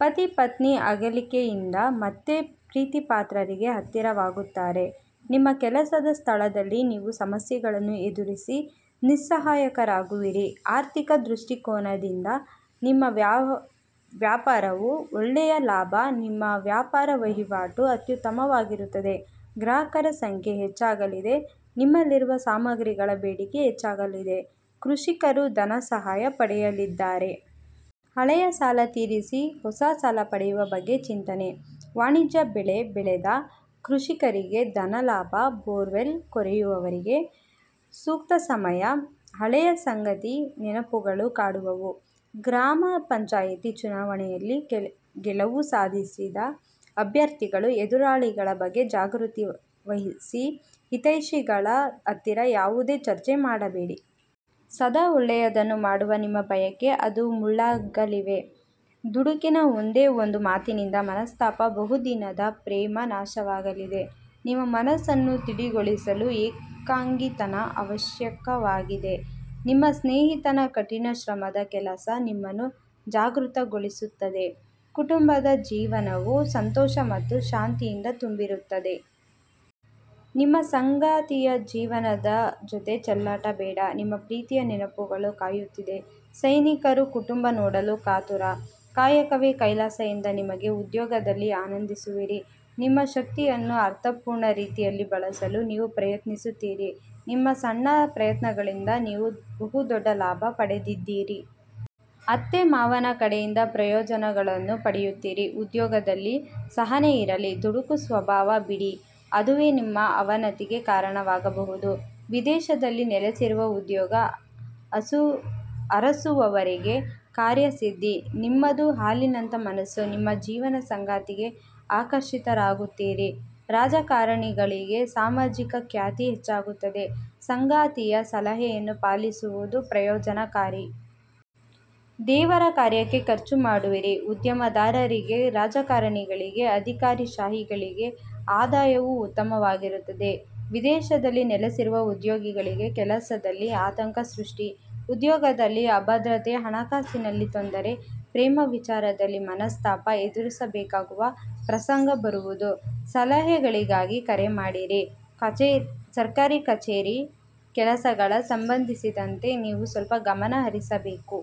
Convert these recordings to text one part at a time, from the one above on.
ಪತಿ-ಪತ್ನಿ ಅಗಲಿಕೆಯಿಂದ ಮತ್ತೆ ಪ್ರೀತಿಪಾತ್ರರಿಗೆ ಹತ್ತಿರವಾಗುತ್ತಾರೆ. ನಿಮ್ಮ ಕೆಲಸದ ಸ್ಥಳದಲ್ಲಿ ನೀವು ಸಮಸ್ಯೆಗಳನ್ನು ಎದುರಿಸಿ ನಿಸ್ಸಾಯಕರಾಗುವಿರಿ. ಆರ್ಥಿಕ ದೃಷ್ಟಿಕೋನದಿಂದ ನಿಮ್ಮ ವ್ಯಾಪಾರವು ಒಳ್ಳೆಯ ಲಾಭ. ನಿಮ್ಮ ವ್ಯಾಪಾರ ವಹಿವಾಟು ಅತ್ಯುತ್ತಮವಾಗಿರುತ್ತದೆ. ಗ್ರಾಹಕರ ಸಂಖ್ಯೆ ಹೆಚ್ಚಾಗಲಿದೆ, ನಿಮ್ಮಲ್ಲಿರುವ ಸಾಮಗ್ರಿಗಳ ಬೇಡಿಕೆ ಹೆಚ್ಚಾಗಲಿದೆ. ಕೃಷಿಕರು ಧನ ಸಹಾಯ ಪಡೆಯಲಿದ್ದಾರೆ. ಹಳೆಯ ಸಾಲ ತೀರಿಸಿ, ಹೊಸ ಸಾಲ ಪಡೆಯುವ ಬಗ್ಗೆ ಚಿಂತನೆ. ವಾಣಿಜ್ಯ ಬೆಳೆ ಬೆಳೆದ ಕೃಷಿಕರಿಗೆ ಧನಲಾಭ. ಬೋರ್ವೆಲ್ ಕೊರೆಯುವರಿಗೆ ಸೂಕ್ತ ಸಮಯ. ಹಳೆಯ ಸಂಗಾತಿ ನೆನಪುಗಳು ಕಾಡುವವು. ಗ್ರಾಮ ಪಂಚಾಯಿತಿ ಚುನಾವಣೆಯಲ್ಲಿ ಗೆಲುವು ಸಾಧಿಸಿದ ಅಭ್ಯರ್ಥಿಗಳು ಎದುರಾಳಿಗಳ ಬಗ್ಗೆ ಜಾಗೃತಿ ವಹಿಸಿ. ಹಿತೈಷಿಗಳ ಹತ್ತಿರ ಯಾವುದೇ ಚರ್ಚೆ ಮಾಡಬೇಡಿ. ಸದಾ ಒಳ್ಳೆಯದನ್ನು ಮಾಡುವ ನಿಮ್ಮ ಬಯಕೆ ಅದು ಮುಳ್ಳಾಗಲಿವೆ. ದುಡುಕಿನ ಒಂದೇ ಒಂದು ಮಾತಿನಿಂದ ಮನಸ್ತಾಪ ಬಹುದಿನದ ಪ್ರೇಮ ನಾಶವಾಗಲಿದೆ. ನಿಮ್ಮ ಮನಸ್ಸನ್ನು ತಿಳಿಗೊಳಿಸಲು ಏಕಾಂಗಿತನ ಅವಶ್ಯಕವಾಗಿದೆ. ನಿಮ್ಮ ಸ್ನೇಹಿತನ ಕಠಿಣ ಶ್ರಮದ ಕೆಲಸ ನಿಮ್ಮನ್ನು ಜಾಗೃತಗೊಳಿಸುತ್ತದೆ. ಕುಟುಂಬದ ಜೀವನವು ಸಂತೋಷ ಮತ್ತು ಶಾಂತಿಯಿಂದ ತುಂಬಿರುತ್ತದೆ. ನಿಮ್ಮ ಸಂಗಾತಿಯ ಜೀವನದ ಜೊತೆ ಚೆಲ್ಲಾಟ ಬೇಡ. ನಿಮ್ಮ ಪ್ರೀತಿಯ ನೆನಪುಗಳು ಕಾಯುತ್ತಿದೆ. ಸೈನಿಕರು ಕುಟುಂಬ ನೋಡಲು ಕಾತುರ. "ಕಾಯಕವೇ ಕೈಲಾಸ "ಎಂದ ನಿಮಗೆ ಉದ್ಯೋಗದಲ್ಲಿ ಆನಂದಿಸುವಿರಿ. ನಿಮ್ಮ ಶಕ್ತಿಯನ್ನು ಅರ್ಥಪೂರ್ಣ ರೀತಿಯಲ್ಲಿ ಬಳಸಲು ನೀವು ಪ್ರಯತ್ನಿಸುತ್ತೀರಿ. ನಿಮ್ಮ ಸಣ್ಣ ಪ್ರಯತ್ನಗಳಿಂದ ನೀವು ಬಹುದೊಡ್ಡ ಲಾಭ ಪಡೆದಿದ್ದೀರಿ. ಅತ್ತೆ-ಮಾವನ ಕಡೆಯಿಂದ ಪ್ರಯೋಜನಗಳನ್ನು ಪಡೆಯುತ್ತೀರಿ. ಉದ್ಯೋಗದಲ್ಲಿ ಸಹನೆ ಇರಲಿ ದುಡುಕು ಸಭಾವ ಬಿಡಿ ಅದುವೇ ನಿಮ್ಮ ಅವನತಿಗೆ ಕಾರಣವಾಗಬಹುದು. ವಿದೇಶದಲ್ಲಿ ನೆಲೆಸಿರುವ ಉದ್ಯೋಗ ಅರಸುವವರಿಗೆ ಕಾರ್ಯಸಿದ್ಧಿ, ನಿಮ್ಮದು ಹಾಲಿನಂತ ಮನಸ್ಸು, ನಿಮ್ಮ ಜೀವನ ಸಂಗಾತಿಗೆ ಆಕರ್ಷಿತರಾಗುತ್ತೀರಿ. ರಾಜಕಾರಣಿಗಳಿಗೆ ಸಾಮಾಜಿಕ ಖ್ಯಾತಿ ಹೆಚ್ಚಾಗುತ್ತದೆ. ಸಂಗಾತಿಯ ಸಲಹೆಯನ್ನು ಪಾಲಿಸುವುದು ಪ್ರಯೋಜನಕಾರಿ. ದೇವರ ಕಾರ್ಯಕ್ಕೆ ಖರ್ಚು ಮಾಡುವಿರಿ. ಉದ್ಯಮ ದಾರರಿಗೆ, ರಾಜಕಾರಣಿಗಳಿಗೆ, ಅಧಿಕಾರಿಶಾಹಿ ಗಳಿಗೆ ಆದಾಯವೂ ಉತ್ತಮವಾಗಿರುತ್ತದೆ. ವಿದೇಶದಲ್ಲಿ ನೆಲೆಸಿರುವ ಉದ್ಯೋಗಿಗಳಿಗೆ ಕೆಲಸದಲ್ಲಿ ಆತಂಕ ಸೃಷ್ಟಿ, ಉದ್ಯೋಗದಲ್ಲಿ ಅಭದ್ರತೆ, ಹಣಕಾಸಿನಲ್ಲಿ ತೊಂದರೆ, ಪ್ರೇಮ ವಿಚಾರದಲ್ಲಿ ಮನಸ್ತಾಪ ಎದುರಿಸಬೇಕಾಗುವ ಪ್ರಸಂಗ ಬರುವುದು. ಸಲಹೆಗಳಿಗಾಗಿ ಕರೆ ಮಾಡಿರಿ. ಸರ್ಕಾರಿ ಕಛೇರಿ ಕೆಲಸಗಳ ಸಂಬಂಧಿಸಿದಂತೆ ನೀವು ಸ್ವಲ್ಪ ಗಮನ ಹರಿಸಬೇಕು.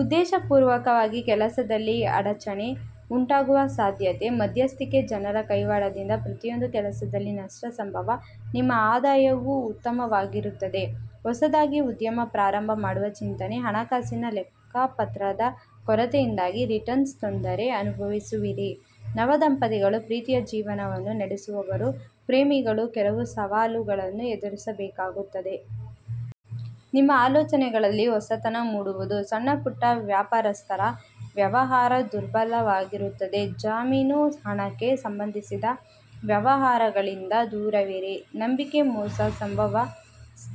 ಉದ್ದೇಶ ಪೂರ್ವಕವಾಗಿ ಕೆಲಸದಲ್ಲಿ ಅಡಚಣೆ ಉಂಟಾಗುವ ಸಾಧ್ಯತೆಯಿದೆ. ಮಧ್ಯಸ್ಥಿಕೆ ಜನರ ಕೈವಾಡದಿಂದ ಪ್ರತಿಯೊಂದು ಕೆಲಸದಲ್ಲಿ ನಷ್ಟ ಸಂಭವ. ನಿಮ್ಮ ಆದಾಯವು ಉತ್ತಮವಾಗಿರುತ್ತದೆ. ಹೊಸದಾಗಿ ಉದ್ಯಮ ಪ್ರಾರಂಭ ಮಾಡುವ ಚಿಂತನೆ. ಹಣಕಾಸಿನ ಲೆಕ್ಕಪತ್ರದ ಕೊರತೆಯಿಂದಾಗಿ ರಿಟರ್ನ್ಸ್ ತೊಂದರೆ ಅನುಭವಿಸುವಿರಿ. ನವದಂಪತಿಗಳು ಪ್ರೀತಿಯ ಜೀವನವನ್ನು ನಡೆಸುವವರು. ಪ್ರೇಮಿಗಳು ಕೆಲವು ಸವಾಲುಗಳನ್ನು ಎದುರಿಸಬೇಕಾಗುತ್ತದೆ. ನಿಮ್ಮ ಆಲೋಚನೆಯಲ್ಲಿ ಹೊಸತನ ಮೂಡುವುದು. ಸಣ್ಣಪುಟ್ಟ ವ್ಯಾಪಾರಸ್ಥರ ವ್ಯವಹಾರ ದುರ್ಬಲವಾಗಿರುತ್ತದೆ. ಜಾಮೀನು ಹಣಕ್ಕೆ ಸಂಬಂಧಿಸಿದ ವ್ಯವಹಾರಗಳಿಂದ ದೂರವಿರಿ. ನಂಬಿಕೆ ಮೋಸ ಸಂಭವ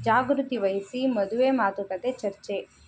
ಜಾಗೃತಿ ವಹಿಸಿ. ಮದುವೆ ಮಾತುಕತೆ ಚರ್ಚೆ.